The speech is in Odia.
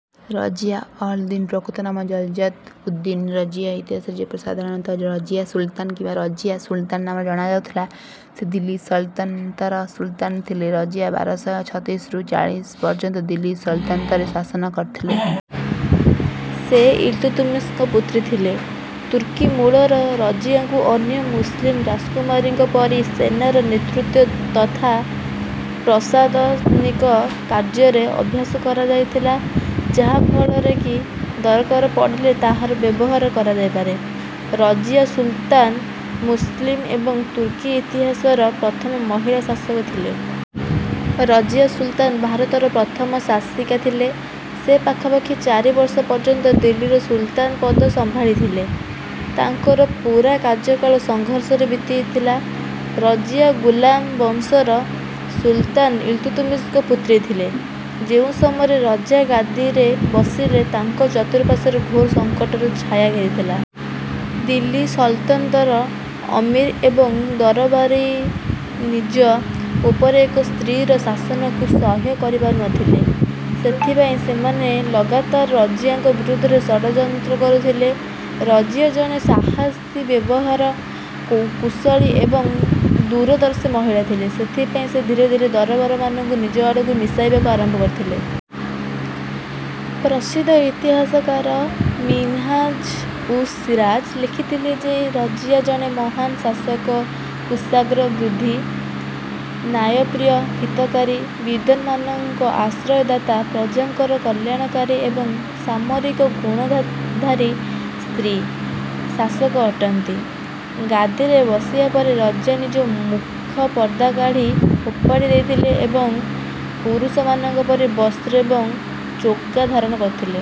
ରଜିୟା ଅଲ ଦିନ ପ୍ରକୃତ ନାମ ଜଲାଲତ ଉଦ ଦିନ ରଜିୟା ଇତିହାସରେ ଯେପରି ସାଧାରଣତଃ ରଜିୟା ସୁଲତାନ କିମ୍ବା ରଜିୟା ସୁଲତାନା ନାମରେ ଜଣାଯାଉଥିଲେ। ସେ ଦିଲ୍ଲୀ ସଲତନତର ସୁଲତାନ ଥିଲେ। ରଜିୟା ବାର ଶହ ଛତିଶରୁ ଚାଲିଶ ପର୍ଯ୍ୟନ୍ତ ଦିଲ୍ଲୀ ସଲତନତରେ ଶାସନ କରିଥିଲେ। ସେ ଇଲତୁତମିଶଙ୍କ ପୁତ୍ରୀ ଥିଲେ। ତୁର୍କୀ ମୂଳର ରଜିୟାଙ୍କୁ ଅନ୍ୟ ମୁସଲିମ ରାଜକୁମାରୀଙ୍କ ପରି ସେନାର ନେତୃତ୍ୱ ତଥା ପ୍ରଶାଦନିକ କାର୍ଯ୍ୟରେ ଅଭ୍ୟାସ କରାଯାଇଥିଲା ଯାହାଫଳରେ କି ଦରକାର ପଡ଼ିଲେ ତାହାର ବ୍ୟବହାର କରାଯାଇପାରେ। ରଜିୟା ସୁଲତାନ ମୁସଲିମ ଏବଂ ତୁର୍କୀ ଇତିହାସର ପ୍ରଥମ ମହିଳା ଶାସକ ଥିଲେ। ରଜିୟା ସୁଲତାନ ଭାରତର ପ୍ରଥମ ଶାସିକା ଥିଲେ। ସେ ପାଖାପାଖି ଚାରି ବର୍ଷ ପର୍ଯ୍ୟନ୍ତ ଦିଲ୍ଲୀରୁ ସୁଲତାନ ପଦ ସମ୍ଭାଳିଥିଲେ। ତାଙ୍କର ପୂରା କାର୍ଯ୍ୟକାଳ ସଂଘର୍ଷରେ ବିତିଥିଲା। ରଜିୟା ଗୁଲାମ ବଂଶର ସୁଲତାନ ଇଲତୁତମିଶଙ୍କ ପୁତ୍ରୀ ଥିଲେ। ଯେଉଁ ସମୟରେ ରଜା ଗାଦିରେ ବସିଲେ ତାଙ୍କର ଚତୁର୍ପାର୍ଶ୍ୱରେ ଘୋର ସଂକଟର ଛାୟା ଘେରିଥିଲା। ଦିଲ୍ଲୀ ସଲତନତର ଅମୀର ଏବଂ ଦରବାରୀ ନିଜ ଉପରେ ଏକ ସ୍ତ୍ରୀର ଶାସନକୁ ସହ୍ୟ କରିପାରୁନଥିଲେ। ସେଥିପାଇଁ ସେମାନେ ଲଗାତାର ରଜିୟାଙ୍କ ବିରୁଦ୍ଧରେ ଷଡ଼ଯନ୍ତ୍ର କରୁଥିଲେ। ରଜିୟା ଜଣେ ସାହସୀ ବ୍ୟବହାର କୁଶଳୀ ଏବଂ ଦୂରଦର୍ଶୀ ମହିଳା ଥିଲେ। ସେଥିପାଇଁ ସେ ଧୀରେ ଧୀରେ ସରଦାରମାନଙ୍କୁ ନିଜ ଆଡ଼କୁ ମିଶାଇବାକୁ ଆରମ୍ଭ କରିଥିଲେ। ପ୍ରସିଦ୍ଧ ଇତିହାସକାର ମିନ୍ହାଜ ଉସ ସିରାଜ ଲେଖିଥିଲେ ଯେ ରଜିୟା ଜଣେ ମହାନ୍ ଶାସକ କୁଶାଗ୍ର ବୁଦ୍ଧି ନ୍ୟାୟପ୍ରିୟ ହିତକାରୀ ବିଦ୍ୱାନମାନଙ୍କ ଆଶ୍ରୟଦାତା ପ୍ରଜାଙ୍କର କଲ୍ୟାଣକାରୀ ଏବଂ ସାମରିକ ଗୁଣଦାଧାରୀ ସ୍ତ୍ରୀ ଶାସକ ଅଟନ୍ତି। ଗାଦିରେ ବସିବା ପରେ ରଜିୟା ନିଜ ମୁଖ ପର୍ଦ୍ଦା କାଢ଼ି ଫୋପାଡ଼ି ଦେଇଥିଲେ ଏବଂ ପୁରୁଷମାନଙ୍କ ପରି ବସ୍ତ୍ର ଏବଂ ଚୋଗା ଧାରଣ କରିଥିଲେ।